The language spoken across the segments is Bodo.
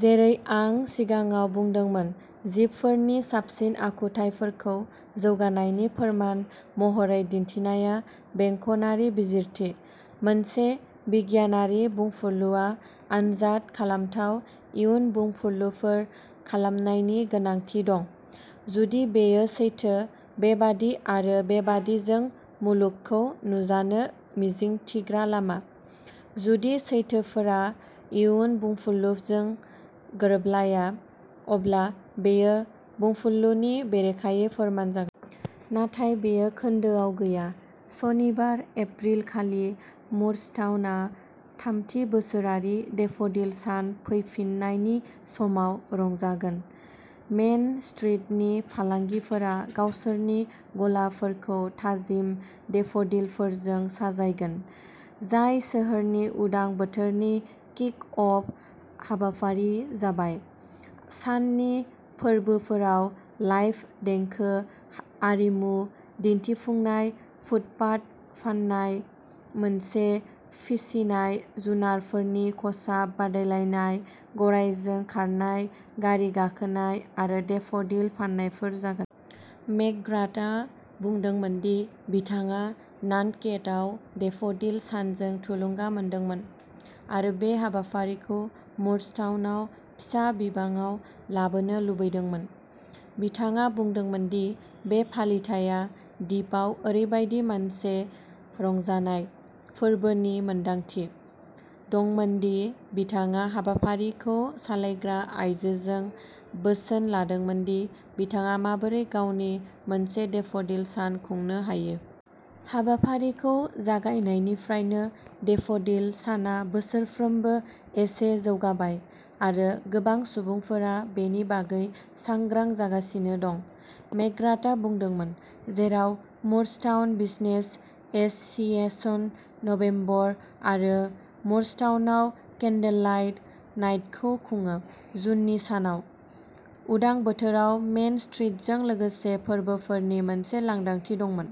जेरै आं सिगाङाव बुंदोंमोन, जिबफोरनि साबसिन आखुथायफोरखौ जौगानायनि फोरमान महरै दिन्थिनाया बेंखनारि बिजिरथि। मोनसे बिगियानारि बुंफुरलुआ आनजाद खालामथाव इयुन बुंफुरलुफोर खालामनायनि गोनांथि दंः जुदि बेयो सैथो, बेबादि-आरो-बेबादि जों मुलुगखौ नुजानो मिजिंथिग्रा लामा। जुदि सैथोफोरा इयुन बुंफुरलुजों गोरोबलाया, अब्ला बेयो बुंफुरलुनि बेरेखायै फोरमान जागोन। नाथाय बेयो खोन्दोआव गैया। सनिबार, एप्रिल खालि, मुरस्टाउनआ थामथि बोसोरारि डेफ'डिल सान फैफिन्नायनि समाव रंजागोन। मेन स्ट्रीटनि फालांगिफोरा गावसोरनि गलाफोरखौ थाजिम डेफ'डिलफोरजों साजायगोन, जाय सोहोरनि उदां बोथोरनि किक-अफ हाबाफारि जाबाय। साननि फोरबोफोराव लाइभ देंखो, आरिमु दिन्थिफुंनाय, फुटपाथ फान्नाय, मोनसे फिसिनाय जुनारफोरनि खसाब बादायलायनाय, गरायजों खारनाय गारि गाखोनाय आरो डेफ'डिल फान्नायफोर जागोन। मेकग्राथआ बुंदोंमोन दि बिथाङा नान्टकेटआव डेफ'डिल सानजों थुलुंगा मोन्दोंमोन आरो बे हाबाफारिखौ मुरस्टाउनआव फिसा बिबाङाव लाबोनो लुबैदोंमोन। बिथाङा बुंदोंमोन दि बे फालिथाइया दिपआव ओरैबायदि मोनसे "रंजानाय, फोरबोनि मोनदांथि" दंमोन दि बिथाङा हाबाफारिखौ सालायग्रा आयजोजों बोसोन लादोंमोन दि बिथाङा माबोरै गावनि मोनसे डेफ'डिल सान खुंनो हायो। हाबाफारिखौ जागायनायनिफ्रायनो, डेफ'डिल साना बोसोरफ्रोमबो एसे जौगाबाय आरो गोबां सुबुंफोरा बेनि बागै सांग्रां जागासिनो दं, मेकग्राथआ बुंदोंमोन। जेराव मुरस्टाउन बिजनेस एस'सिएशनआ नबेम्बर आरो मुरस्टाउनआव कैन्डललाइट नाइटखौ खुङो। जुननि सानाव, उदां बोथोराव मेन स्ट्रिटजों लोगोसे फोरबोफोरनि मोनसे लांदांथि दंमोन।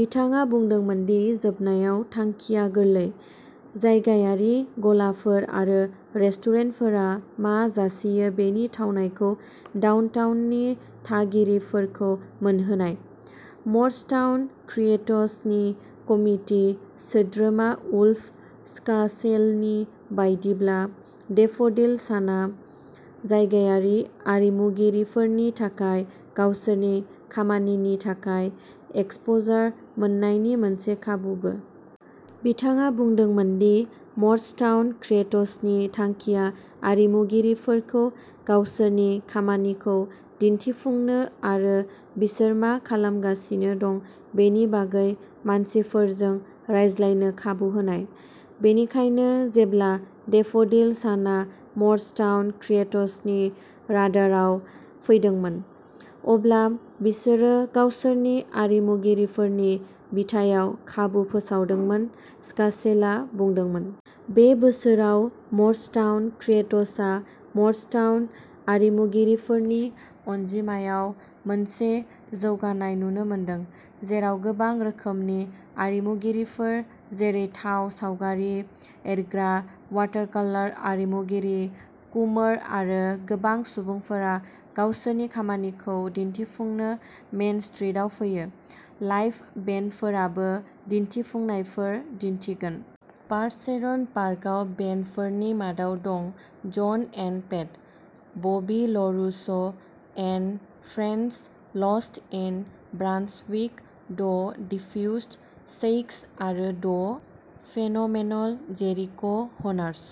बिथाङा बुंदोंमोन दि जोबनायाव थांखिया गोरलैः जायगायारि गलाफोर आरो रेस्टुरेन्टफोरा मा जासियो बेनि थावनायखौ डाउनटाउननि थागिरिफोरखौ मोनहोनाय। मरस्टाउन क्रिएट्सनि कमिटि सोद्रोमा वुल्फ स्कासेलनि बायदिब्ला, डेफ'डिल सानआ जायगायारि आरिमुगिरिफोरनि थाखाय गावसोरनि खामानिनि थाखाय एक्सप'जार मोन्नायनि मोनसे खाबुबो। बिथाङा बुंदोंमोन दि मरस्टाउन क्रिएट्सनि थांखिया आरिमुगिरिफोरखौ गावसोरनि खामानिखौ दिन्थिफुंनो आरो बिसोर मा खालामगासिनो दं बेनि बागै मानसिफोरजों रायज्लायनो खाबु होनाय। बेनिखायनो, जेब्ला डेफ'डिल साना मरस्टाउन क्रिएट्सनि राडारआव फैदोंमोन, अब्ला बिसोरो गावसोरनि आरिमुगिरिफोरनि बिथायाव खाबु फोसावदोंमोन, स्कासेलआ बुंदोंमोन। बे बोसोराव, मरस्टाउन क्रिएट्सआ मरस्टाउन आरिमुगिरिफोरनि अनजिमायाव मोनसे जौगानाय नुनो मोनदों, जेराव गोबां रोखोमनि आरिमुगिरिफोर जेरै थाव सावगारि एरग्रा, वाटारकलार आरिमुगिरि, कुमोर आरो गोबां सुबुंफोरा गावसोरनि खामानिखौ दिन्थिफुंनो मेन स्ट्रिटआव फैयो। लाइभ बेन्डफोराबो दिन्थिफुंनायफोर दिन्थिगोन। पारचेरन पार्कआव बेन्डफोरनि मादाव दं जन and pet!, Bobby लारुस'एन्ड friends, lost in Brunswick, the diffused, sax आरो द फेनोमेनल जेरिक'हर्नस।